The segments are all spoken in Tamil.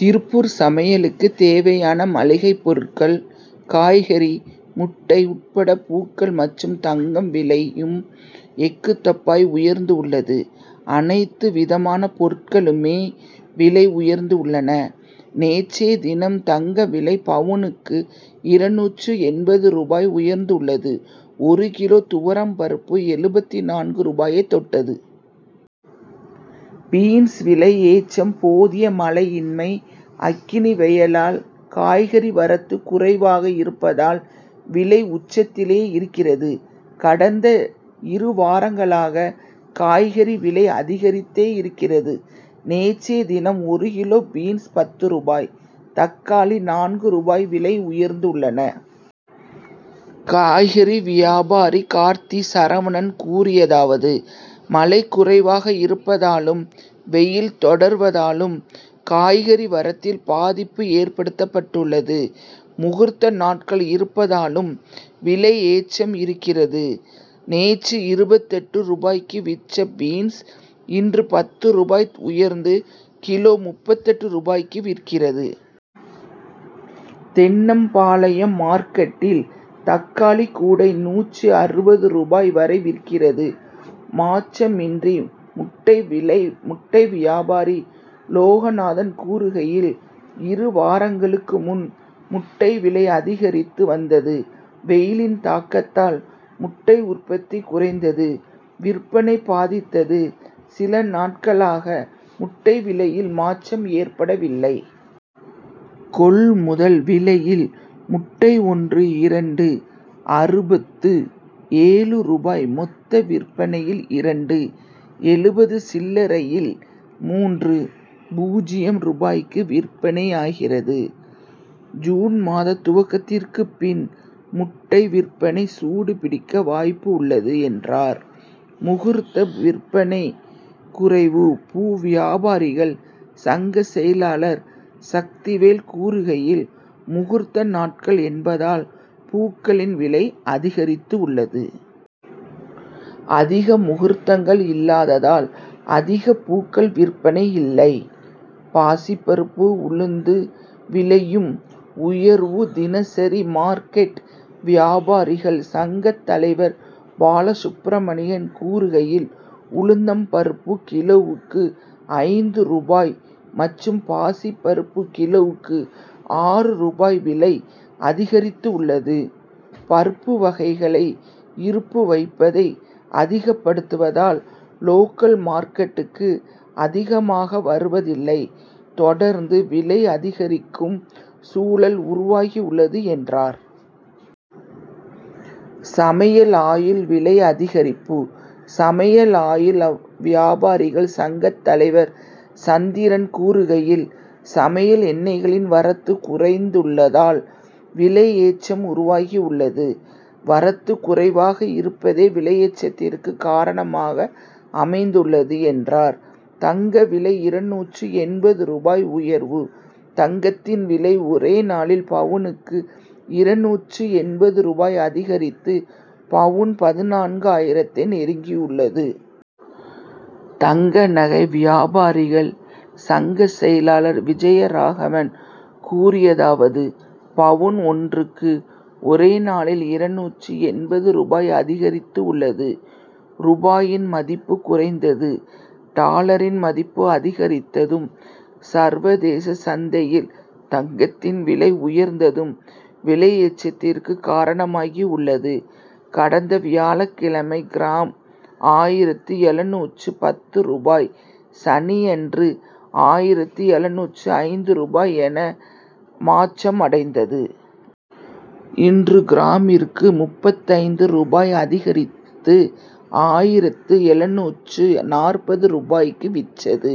திருப்பூர் சமையலுக்கு தேவையான மளிகை பொருட்கள், காய்கறி, முட்டை உட்பட பூக்கள் மற்றும் தங்கம் விலையும் எக்குத்தப்பாய் உயர்ந்துள்ளது. அனைத்து விதமான பொருட்களுமே விலை உயர்ந் துள்ளன. நேற்றைய தினம் தங்கம் விலை பவுனுக்கு இருநூற்று எண்பது ரூபாய் உயர்ந்துள்ளது. ஒரு கிலோ துவரம் பருப்பு எழுபத்து நான்கு ரூபாயை தொட்டது. பீன்ஸ் விலை ஏற்றம் போதிய மழையின்மை, அக்னி வெயிலால் காய்கறி வரத்து குறைவாக இருப்பதால், விலை உச்சத்திலேயே இருக் கிறது. கடந்த இரு வாரங்களாக, காய்கறி விலை அதிகரித்தே இருக் கிறது. நேற்றைய தினம், ஒரு கிலோ பீன்ஸ் பத்து ரூபாய், தக்காளி நான்கு ரூபாய் விலை உயர்ந்துள்ளன. காய்கறி வியாபாரி கார்த்தி சரவணன் கூறியதாவது மழை குறைவாக இருப்பதாலும், வெயில் தொடர்வதாலும் காய்கறி வரத்தில் பாதிப்பு ஏற்பட்டுள்ளது. முகூர்த்த நாட்கள் இருப்பதாலும் விலை ஏற்றம் இருக்கிறது. நேற்று இருபத்தெட்டு ரூபாய்க்கு விற்ற பீன்ஸ், இன்று பத்து ரூபாய் உயர்ந்து, கிலோ முப்பத்தெட்டு ரூபாய்க்கு விற்கிறது. தென்னம்பாளையம் மார்க்கெட்டில் தக்காளி கூடை நூற்று அறுபது ரூபாய் வரை விற்கிறது. மாற்றமின்றி முட்டை விலை முட்டை வியாபாரி லோகநாதன் கூறுகையில், இரு வாரங்களுக்கு முன், முட்டை விலை அதிகரித்து வந்தது. வெயிலின் தாக்கத்தால் முட்டை உற்பத்தி குறைந்து, விற்பனையை பாதித்தது. சில நாட் களாக முட்டை விலையில் மாற்றம் ஏற்படவில்லை. கொள்முதல் விலையில் முட்டை ஒன்று இரண்டு.அறுபத்து ஏழு ரூபாய் மொத்த விற்பனையில் இரண்டு.எழுபது சில்ல ரையில் மூன்று.பூஜ்ஜியம் ரூபாய்க்கு விற்பனையாகிறது. ஜூன் மாத துவக்கத்திற்கு பின், முட்டை விற்பனை சூடுபிடிக்க வாய்ப்புள்ளது, என்றார். முகூர்த்த விற்பனை குறைவு பூ வியாபாரிகள் சங்க செயலாளர் சக்திவேல் கூறுகையில், முகூர்த்த நாட்கள் என்பதால் பூக்களின் விலை அதிகரித்துள்ளது. அதிக முகூர்த்தங் கள் இல்லாததால், அதிக பூக்கள் விற்பனை இல்லை. பாசிப்பருப்பு, உளுந்து விலையும் உயர்வு தினசரி மார்க்கெட் வியாபாரிகள் சங்க தலைவர் பாலசுப்ரமணியம் கூறுகையில், உளுந்தம் பருப்பு கிலோவுக்கு ஐந்து ரூபாய் மற்றும் பாசிப்பருப்பு கிலோவுக்கு ஆறு ரூபாய் விலை அதிகரித்துள்ளது. பருப்பு வகைகளை இருப்பு வைப்பதை அதிகப்படுத்துவதால், லோக்கல் மார்க்கெட்டுக்கு அதிகமாக வருவதில்லை தொடர்ந்து விலை அதிகரிக்கும் சூழல் உருவாகியுள்ளது, என்றார். சமையல் ஆயில் விலை அதிகரிப்பு சமையல் ஆயில் வியாபாரிகள் சங்க தலைவர் சந்திரன் கூறுகையில், சமையல் எண்ணெய்களின் வரத்து குறைந்துள்ளதால், விலை ஏற்றம் உருவாகியுள்ளது. வரத்து குறைவாக இருப்பதே, விலையேற்றத்திற்கு காரணமாக அமைந்துள்ளது, என்றார். தங்கம் விலை இருநூற்று எண்பது ரூபாய் உயர்வு தங்கத்தின் விலை ஒரே நாளில் பவுனுக்கு இருநூற்று எண்பது ரூபாய் அதிகரித்து, பவுன் பதினான்கு ஆயிரத்தை நெருங்கியுள்ளது. தங்க நகை வியாபாரிகள் சங்க செயலாளர் விஜயராகவன் கூறியதாவது பவுன் ஒன்றுக்கு ஒரே நாளில் இருநூற்று எண்பது ரூபாய் அதிகரித்துள்ளது. ரூபாயின் மதிப்பு குறைந்து டாலரின் மதிப்பு அதிகரித்ததும், சர்வதேச சந்தையில் தங்கத்தின் விலை உயர்ந்ததும் விலையேற்றத்துக்கு காரணமாகியுள்ளது. கடந்த வியாழக்கிழமை கிராம் ஆயிரத்து எழுநூற்று பத்து ரூபாய் சனியன்று ஆயிரத்து எழுநூற்று ஐந்து ரூபாய் என மாற்றம் அடைந்தது. இன்று கிராமிற்கு முப்பத்தைந்து ரூபாய் அதிகரித்து, ஆயிரத்து எழுநூற்று நாற்பது ரூபாய்க்கு விற்றது.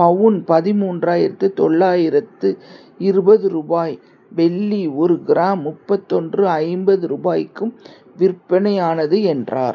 பவுன் பதின்மூன்றாயிரத்து தொள்ளாயிரத்து இருபது ரூபாய் வெள்ளி ஒரு கிராம் முப்பத்தொன்று. ஐம்பது ரூபாய்க்கும் விற்பனையானது, என்றார்.